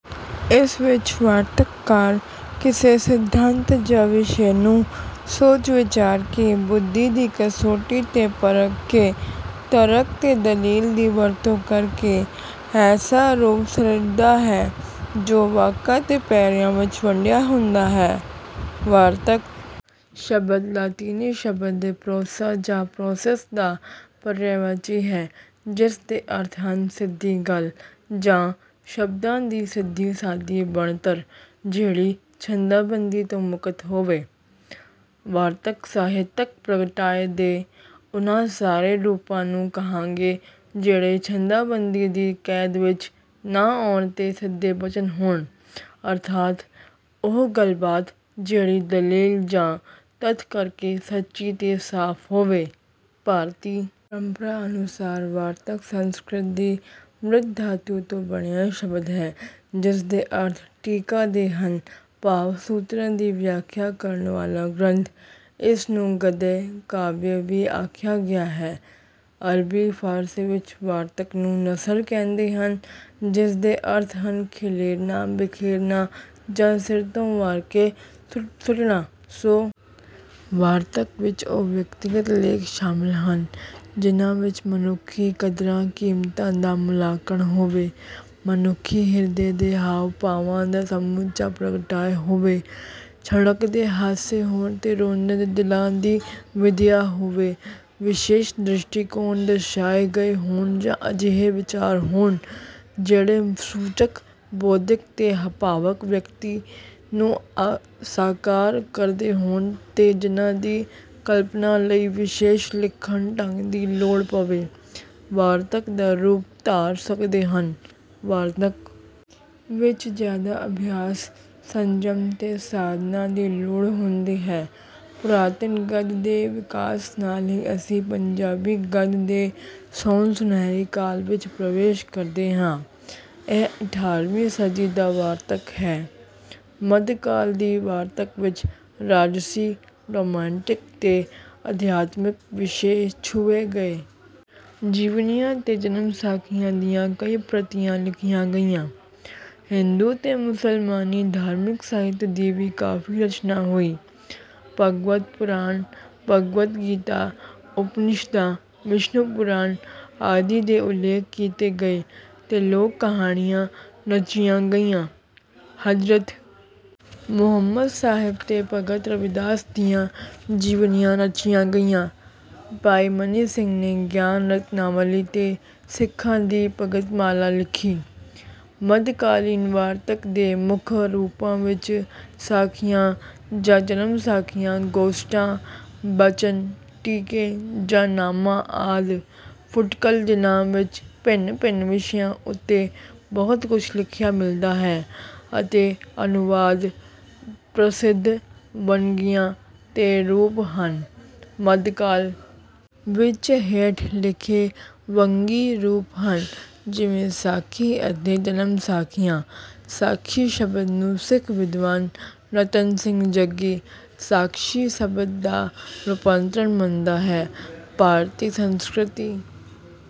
ਇਸ ਵਿੱਚ ਵਾਰਤਕਕਾਰ ਕਿਸੇ ਸਿੱਧਾਂਤ ਜਾਂ ਵਿਸ਼ੇ ਨੂੰ ਸੋਚ-ਵਿਚਾਰ ਕੇ, ਬੁੱਧੀ ਦੀ ਕਸੌਟੀ 'ਤੇ ਪਰਖ ਕੇ, ਤਰਕ ਤੇ ਦਲੀਲ ਦੀ ਵਰਤੋਂ ਕਰ ਕੇ ਐਸਾ ਰੂਪ ਸਿਰਜਦਾ ਹੈ, ਜੋ ਵਾਕਾਂ ਤੇ ਪੈਰਿਆਂ ਵਿੱਚ ਵੰਡਿਆ ਹੁੰਦਾ ਹੈ।‘ਵਾਰਤਕ’ ਸ਼ਬਦ ਲਾਤੀਨੀ ਸ਼ਬਦ ਦੇ ‘ਪ੍ਰੋਸਾ’ ਜਾਂ ‘ਪ੍ਰੋਸਸ’ ਦਾ ਪਰਿਆਵਾਚੀ ਹੈ, ਜਿਸ ਦੇ ਅਰਥ ਹਨ—‘ਸਿੱਧੀ ਗੱਲ ਜਾਂ ਸ਼ਬਦਾਂ ਦੀ ਸਿੱਧੀ-ਸਾਦੀ ਬਣਤਰ, ਜਿਹੜੀ ਛੰਦਾਬੰਦੀ ਤੋਂ ਮੁਕਤ ਹੋਵੇ।’‘ਵਾਰਤਕ’ ਸਾਹਿਤਕ ਪ੍ਰਗਟਾਅ ਦੇ ਉਹਨਾਂ ਸਾਰੇ ਰੂਪਾਂ ਨੂੰ ਕਹਾਂਗੇ, ਜਿਹੜੇ ਛੰਦਾਬੰਦੀ ਦੀ ਕੈਦ ਵਿੱਚ ਨਾ ਆਉਣ ਤੇ ਸਿੱਧੇ ਬਚਨ ਹੋਣ; ਅਰਥਾਤ, ਉਹ ਗੱਲਬਾਤ ਜਿਹੜੀ ਦਲੀਲ ਜਾਂ ਤੱਥ ਕਰਕੇ ਸੱਚੀ ਤੇ ਸਾਫ਼ ਹੋਵੇ। ਭਾਰਤੀ ਪ੍ਰੰਪਰਾ ਅਨੁਸਾਰ ‘ਵਾਰਤਕ’ ਸੰਸਕ੍ਰਿਤ ਦੀ ‘ਵ੍ਰਿਤਿ’ ਧਾਤੂ ਤੋਂ ਬਣਿਆ ਸ਼ਬਦ ਹੈ, ਜਿਸ ਦੇ ਅਰਥ ‘ਟੀਕਾ’ ਦੇ ਹਨ, ਭਾਵ ਸੂਤਰਾਂ ਦੀ ਵਿਆਖਿਆ ਕਰਨ ਵਾਲਾ ‘ਗ੍ਰੰਥ’। ਇਸ ਨੂੰ ‘ਗਦਯ-ਕਾਵਯ’ ਵੀ ਆਖਿਆ ਗਿਆ ਹੈ। ਅਰਬੀ, ਫ਼ਾਰਸੀ ਵਿੱਚ ਵਾਰਤਕ ਨੂੰ ‘ਨਸਰ’ ਕਹਿੰਦੇ ਹਨ, ਜਿਸ ਦੇ ਅਰਥ ਹਨ—ਖਿਲੇਰਨਾ, ਬਿਖੇਰਨਾ ਜਾਂ ਸਿਰ ਤੋਂ ਵਾਰ ਕੇ ਸੁੱਟਣਾ। ਸੋ, ਵਾਰਤਕ ਵਿੱਚ ਉਹ ਵਿਅਕਤੀਗਤ ਲੇਖ ਸ਼ਾਮਲ ਹਨ, ਜਿਨ੍ਹਾਂ ਵਿੱਚ ਮਨੁੱਖੀ ਕਦਰਾਂ-ਕੀਮਤਾਂ ਦਾ ਮੁਲਾਂਕਣ ਹੋਵੇ, ਮਨੁੱਖੀ ਹਿਰਦੇ ਦੇ ਹਾਵ-ਭਾਵਾਂ ਦਾ ਸਮੁੱਚਾ ਪ੍ਰਗਟਾਅ ਹੋਵੇ, ਛਣਕਦੇ ਹਾਸੇ ਹੋਣ ਤੇ ਰੋਂਦੇ ਦਿਲਾਂ ਦੀ ਵਿਧਿਆ ਹੋਵੇ, ਵਿਸ਼ੇਸ਼ ਦ੍ਰਿਸ਼ਟੀਕੋਣ ਦਰਸਾਏ ਗਏ ਹੋਣ ਜਾਂ ਅਜਿਹੇ ਵਿਚਾਰ ਹੋਣ, ਜਿਹੜੇ ਸੂਚਕ, ਬੌਧਿਕ ਤੇ ਭਾਵਕ ਵਿਅਕਤੀ ਨੂੰ ਸਾਕਾਰ ਕਰਦੇ ਹੋਣ ਤੇ ਜਿਨ੍ਹਾਂ ਦੀ ਕਲਪਨਾ ਲਈ ਵਿਸ਼ੇਸ਼ ਲਿਖਣ-ਢੰਗ ਦੀ ਲੋੜ ਪਵੇ, ਵਾਰਤਕ ਦਾ ਰੂਪ ਧਾਰ ਸਕਦੇ ਹਨ। ਵਾਰਤਕ ਵਿੱਚ ਜ਼ਿਆਦਾ ਅਭਿਆਸ, ਸੰਜਮ ਤੇ ਸਾਧਨਾ ਦੀ ਲੋੜ ਹੁੰਦੀ ਹੈ। ਪੁਰਾਤਨ ਗੱਦ ਦੇ ਵਿਕਾਸ ਨਾਲ ਹੀ ਅਸੀਂ ਪੰਜਾਬੀ ਗੱਦ ਦੇ ਸੋਨ-ਸੁਨਹਿਰੀ ਕਾਲ ਵਿੱਚ ਪ੍ਰਵੇਸ਼ ਕਰਦੇ ਹਾਂ। ਇਹ ਅਠਾਰ੍ਹਵੀਂ ਸਦੀ ਦਾ ਵਾਰਤਕ ਹੈ। ਮੱਧਕਾਲ ਦੀ ਵਾਰਤਕ ਵਿੱਚ ਰਾਜਸੀ, ਰੋਮਾਂਟਿਕ ਤੇ ਅਧਿਆਤਮਿਕ ਵਿਸ਼ੇ ਛੁਹੇ ਗਏ। ਜੀਵਨੀਆਂ ਤੇ ਜਨਮਸਾਖੀਆਂ ਦੀਆਂ ਕਈ ਪ੍ਰਤੀਆਂ ਲਿਖੀਆਂ ਗਈਆਂ। ਹਿੰਦੂ ਤੇ ਮੁਸਲਮਾਨੀ ਧਾਰਮਿਕ ਸਾਹਿਤ ਦੀ ਵੀ ਕਾਫ਼ੀ ਰਚਨਾ ਹੋਈ। ਭਾਗਵਤ ਪੁਰਾਣ, ਭਗਵਦ ਗੀਤਾ, ਉਪਨਿਸ਼ਦਾਂ, ਵਿਸ਼ਨੂੰ ਪੁਰਾਣ ਆਦਿ ਦੇ ਉੱਲੇਖ ਕੀਤੇ ਗਏ ਤੇ ਲੋਕ-ਕਹਾਣੀਆਂ ਰਚੀਆਂ ਗਈਆਂ। ਹਜ਼ਰਤ ਮੁਹੰਮਦ ਸਾਹਿਬ ਤੇ ਭਗਤ ਰਵਿਦਾਸ ਦੀਆਂ ਜੀਵਨੀਆਂ ਰਚੀਆਂ ਗਈਆਂ। ਭਾਈ ਮਨੀ ਸਿੰਘ ਨੇ ‘ਗਿਆਨ ਰਤਨਾਵਲੀ’ ਤੇ ਸਿੱਖਾਂ ਦੀ ਭਗਤਮਾਲਾ ਲਿਖੀ। ਮੱਧਕਾਲੀਨ ਵਾਰਤਕ ਦੇ ਮੁੱਖ ਰੂਪਾਂ ਵਿੱਚ ਸਾਖੀਆਂ ਜਾਂ ਜਨਮ-ਸਾਖੀਆਂ, ਗੋਸ਼ਟਾਂ, ਬਚਨ, ਟੀਕੇ ਜਾਂ ਨਾਮਾ ਆਦਿ, ਫੁਟਕਲ, ਜਿਨ੍ਹਾਂ ਵਿੱਚ ਭਿੰਨ-ਭਿੰਨ ਵਿਸ਼ਿਆਂ ਉੱਤੇ ਬਹੁਤ ਕੁਝ ਲਿਖਿਆ ਮਿਲਦਾ ਹੈ, ਅਤੇ ਅਨੁਵਾਦ ਪ੍ਰਸਿੱਧ ਵੰਨਗੀਆਂ ਤੇ ਰੂਪ ਹਨ। ਮੱਧਕਾਲ ਵਿੱਚ ਹੇਠ ਲਿਖੇ ਵੰਨਗੀ ਰੂਪ ਹਨ, ਜਿਵੇਂ—ਸਾਖੀ ਅਤੇ ਜਨਮਸਾਖੀਆਂ: ਸਾਖੀ ਸ਼ਬਦ ਨੂੰ ਸਿੱਖ ਵਿਦਵਾਨ ਰਤਨ ਸਿੰਘ ਜੱਗੀ ‘ਸਾਕਸੀ’ ਸ਼ਬਦ ਦਾ ਰੂਪਾਂਤਰਣ ਮੰਨਦਾ ਹੈ। ਭਾਰਤੀ ਸੰਸਕ੍ਰਿਤੀ...